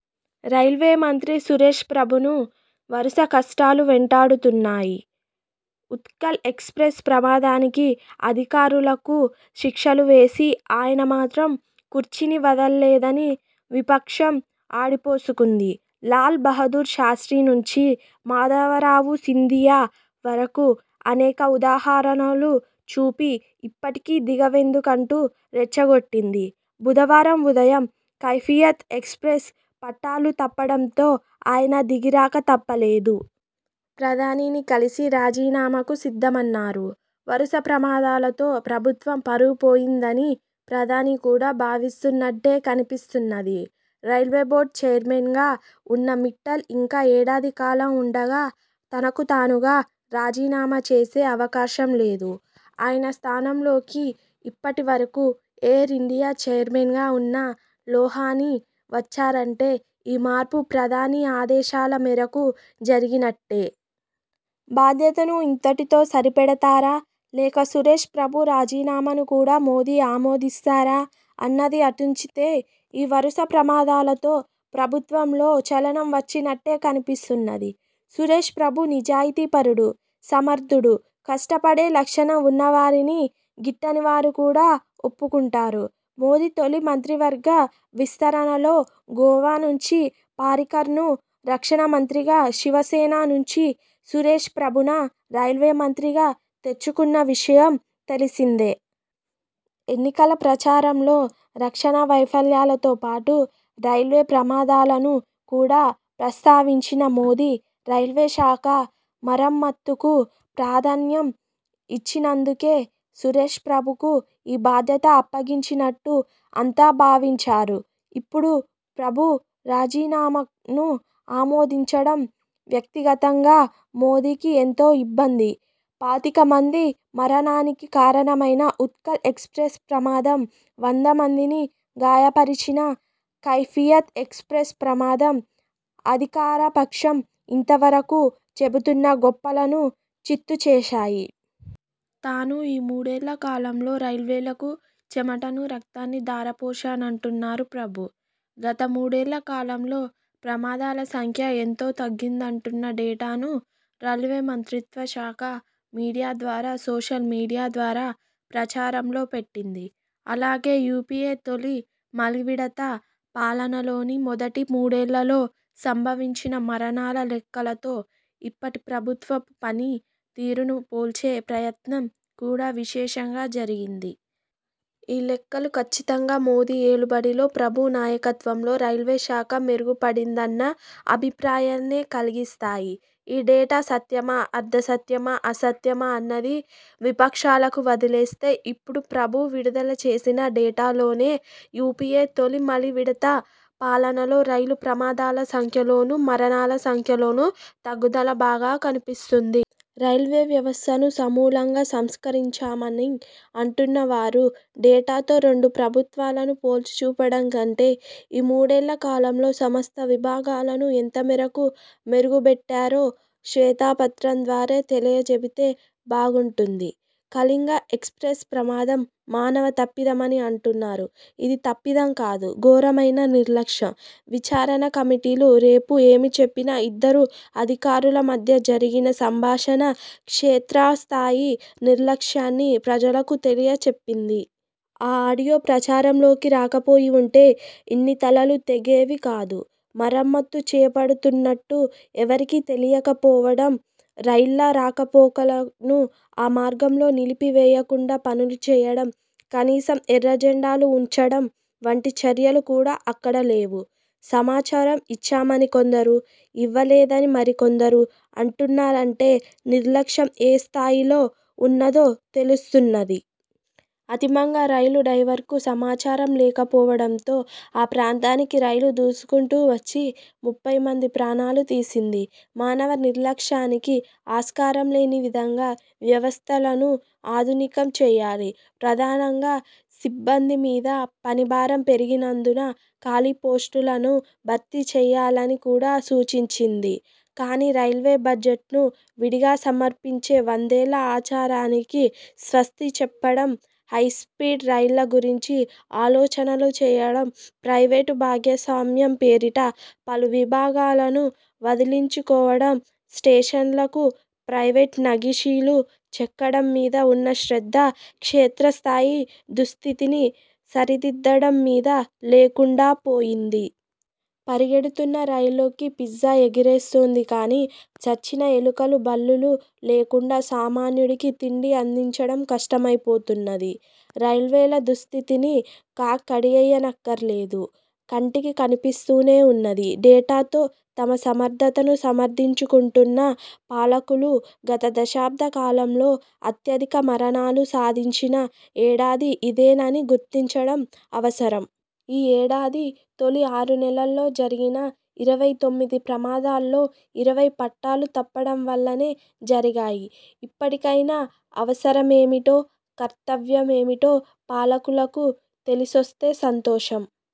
రైల్వేమంత్రి సురేష్ ప్రభును వరుస కష్టాలు వెంటాడుతున్నాయి. ఉత్కళ్ ఎక్స్ప్రెస్ ప్రమాదానికి అధికారులకు శిక్షలు వేసి, ఆయన మాత్రం కుర్చీని వదల్లేదని విపక్షం ఆడిపోసుకుంది. లాల్ బాహుదూర్ శాస్త్రి నుంచి మాధవరావు సింధియా వరకూ అనేక ఉదాహరణలు చూపి ఇప్పటికీ దిగ వెందుకంటూ రెచ్చగొట్టింది. బుధవారం ఉదయం కైఫియత్ ఎక్స్ప్రెస్ పట్టాలు తప్పడంతో ఆయన దిగిరాక తప్పలేదు. ప్రధానిని కలిసి రాజీనామాకు సిద్ధమన్నారు. వరుస ప్రమాదాలతో ప్రభుత్వం పరువు పోయిందని ప్రధాని కూడా భావిస్తున్నట్టే కనిపిస్తున్నది. రైల్వేబోర్డు చైర్మన్గా ఉన్న మిట్టల్ ఇంకా ఏడాది కాలం ఉండగా తనకు తానుగా రాజీనామా చేసే అవకాశం లేదు. ఆయన స్థానంలోకి ఇప్పటి వరకూ ఎయిరిండియా చైర్మన్గా ఉన్న లోహానీ వచ్చారంటే ఈ మార్పు ప్రధాని ఆదేశాల మేరకు జరిగినట్టే. బాధ్యతను ఇంతటితో సరిపెడతారా లేక సురేష్ ప్రభు రాజీనామాను కూడా మోదీ ఆమోదిస్తారా అన్నది అటుంచితే, ఈ వరుస ప్రమాదాలతో ప్రభుత్వంలో చలనం వచ్చినట్టే కనిపిస్తున్నది. సురేష్ ప్రభు నిజాయితీ పరుడు, సమర్థుడు, కష్టపడే లక్షణం ఉన్నవారని గిట్టనివారు కూడా ఒప్పుకుంటారు. మోదీ తొలి మంత్రివర్గ విస్తరణలో గోవా నుంచి పారీకర్ను రక్షణమంత్రిగా, శివసేన నుంచి సురేష్ ప్రభున రైల్వేమంత్రిగా తెచ్చుకున్న విషయం తెలిసిందే. ఎన్నికల ప్రచారంలో రక్షణ వైఫల్యాలతో పాటు రైల్వే ప్రమాదాలను కూడా ప్రస్తావించిన మోదీ, రైల్వేశాఖ మరమ్మతుకు ప్రాధాన్యం ఇచ్చినందు కె సురేష్ ప్రభుకు ఈ బాధ్యత అప్పగించినట్టు అంతా భావించారు. ఇప్పుడు ప్రభు రాజీనామాను ఆమోదించడం వ్యక్తిగతంగా మోదీకి ఎంతో ఇబ్బంది. పాతిక మంది మరణానికి కారణమైన ఉత్కళ్ ఎక్స్ప్రెస్ ప్రమాదం, వంద మందిని గాయ పరచిన కైఫియత్ ఎక్స్ప్రెస్ ప్రమాదం అధికారపక్షం ఇంతవరకూ చెబుతున్న గొప్పలను చిత్తు చేశాయి. తాను ఈ మూడేళ్ళ కాలంలో రైల్వేలకు చెమటనూ రక్తాన్నీ ధారపోశానంటున్నారు ప్రభు. గత మూడేళ్ళకాలంలో ప్రమాదాల సంఖ్య ఎంతో తగ్గిందంటున్న డేటాను రైల్వేమంత్రిత్వశాఖ మీడియా ద్వారా సోషల్ మీడియా ద్వారా ప్రచారంలో పెట్టింది. అలాగే యూపీఏ తొలి, మలివిడత పాలనలోని మొదటి మూడేళ్ళలో సంభవించిన మరణాల లెక్కలతో ఇప్పటి ప్రభుత్వపు పని తీరును పోల్చే ప్రయత్నం కూడా విశేషంగా జరిగింది. ఈ లెక్కలు కచ్చితంగా మోదీ ఏలు బడిలో, ప్రభు నాయకత్వంలో రైల్వేశాఖ మెరుగుపడిందన్న అభిప్రాయాన్నే కలిగిస్తాయి. ఈ డేటా సత్యమా, అర్థసత్యమా, అసత్యమా అన్నది విపక్షాలకు వదిలేస్తే, ఇప్పుడు ప్రభు విడుదల చేసిన డేటాలోనే యూపీఎ తొలి, మలి విడత పాలనలో రైలు ప్రమాదాల సంఖ్యలోనూ, మరణాల సంఖ్యలోనూ తగ్గుదల బాగా కనిపిస్తుంది. రైల్వే వ్యవస్థను సమూలంగా సంస్కరిస్తున్నామని అంటున్నవారు డేటాతో రెండు ప్రభుత్వాలను పోల్చిచూపడం కంటే, ఈ మూడేళ్ళ కాలంలో సమస్త విభాగాలను ఎంతమేరకు మెరుగుబెట్టారో శ్వేతపత్రం ద్వారా తెలియచెబితే బాగుంటుంది. కళింగ ఎక్స్ప్రెస్ ప్రమాదం మానవ తప్పిదమని అంటున్నారు. ఇది తప్పిదం కాదు, ఘోరమైన నిర్లక్ష్యం. విచారణ కమిటీలు రేపు ఏమిచెప్పినా, ఇద్దరు అధికారుల మధ్య జరిగిన సంభాషణ క్షేత్రస్థాయి నిర్లక్ష్యాన్ని ప్రజలకు తెలియ చెప్పింది. ఆ ఆడియో ప్రచారంలోకి రాకపోయివుంటే ఇన్ని తలలు తెగేవి కాదు. మరమ్మతు చేపడుతున్నట్టు ఎవరికీ తెలియకపోవడం, రైళ్ళ రాకపోకలను ఆ మార్గంలో నిలిపి వేయకుండా పనులు చేయడం, కనీసం ఎర్రజెండాలు ఉంచడం వంటి చర్యలు కూడా అక్కడ లేవు. సమాచారం ఇచ్చామని కొందరు, ఇవ్వలేదని మరికొందరు అంటున్నారంటే నిర్లక్ష్యం ఏ స్థాయిలో ఉన్నదో తెలుస్తున్నది. అంతిమంగా రైలు డ్రైవర్కు సమాచారం లేకపోవడంతో ఆ ప్రాంతానికి రైలు దూసుకుంటూ వచ్చి ముప్పైమంది ప్రాణాలు తీసింది. మానవ నిర్లక్ష్యానికి ఆస్కారంలేని విధంగా వ్యవస్థలను ఆధునికం చేయాలి. ప్రధానంగా సిబ్బంది మీద పనిభారం పెరిగినందున ఖాళీ పోస్టులను భర్తీచేయాలని కూడా సూచించింది. కానీ, రైల్వే బడ్జెట్ను విడిగా సమర్పించే వందేళ్ళ ఆచారానికి స్వస్తి చెప్పడం, హైస్పీడ్ రైళ్ళ గురించి ఆలోచనలు చేయడం, ప్రైవేటు భాగస్వామ్యం పేరిట పలు విభాగాలను వదిలించుకోవడం, స్టేషన్లకు ప్రైవేటు నగిషీలు చెక్కడం మీద ఉన్న శ్రద్ధ క్షేత్రస్థాయి దుస్థితిని సరిదిద్దడం మీద లేకుండా పోయింది. పరిగెడుతున్న రైల్లోకి పిజ్జా ఎగిరొస్తుంది కానీ, చచ్చిన ఎలుకలూ, బల్లులూ లేకుండా సామాన్యుడికి తిండి అందించడం కష్టమైపోతున్నది. రైల్వేల దుస్థితిని కాగ్ కడిగేయనక్కరలేదు, కంటికి కనిపిస్తూనే ఉన్నది. డేటాతో తమ సమర్థతను సమర్థించుకుంటున్న పాలకులు గత దశాబ్ద కాలంలో అత్యధిక మరణాలు సాధించిన ఏడాది ఇదేనని గుర్తించడం అవసరం. ఈ ఏడాది తొలి ఆరు నెలల్లో జరిగిన ఇరవై తొమ్మిది ప్రమాదాల్లో ఇరవై పట్టాలు తప్పడం వల్లనే జరిగాయి. ఇప్పటికైనా అవసరమేమిటో, కర్తవ్యమేమిటో పాలకులకు తెలిసొస్తే సంతోషం.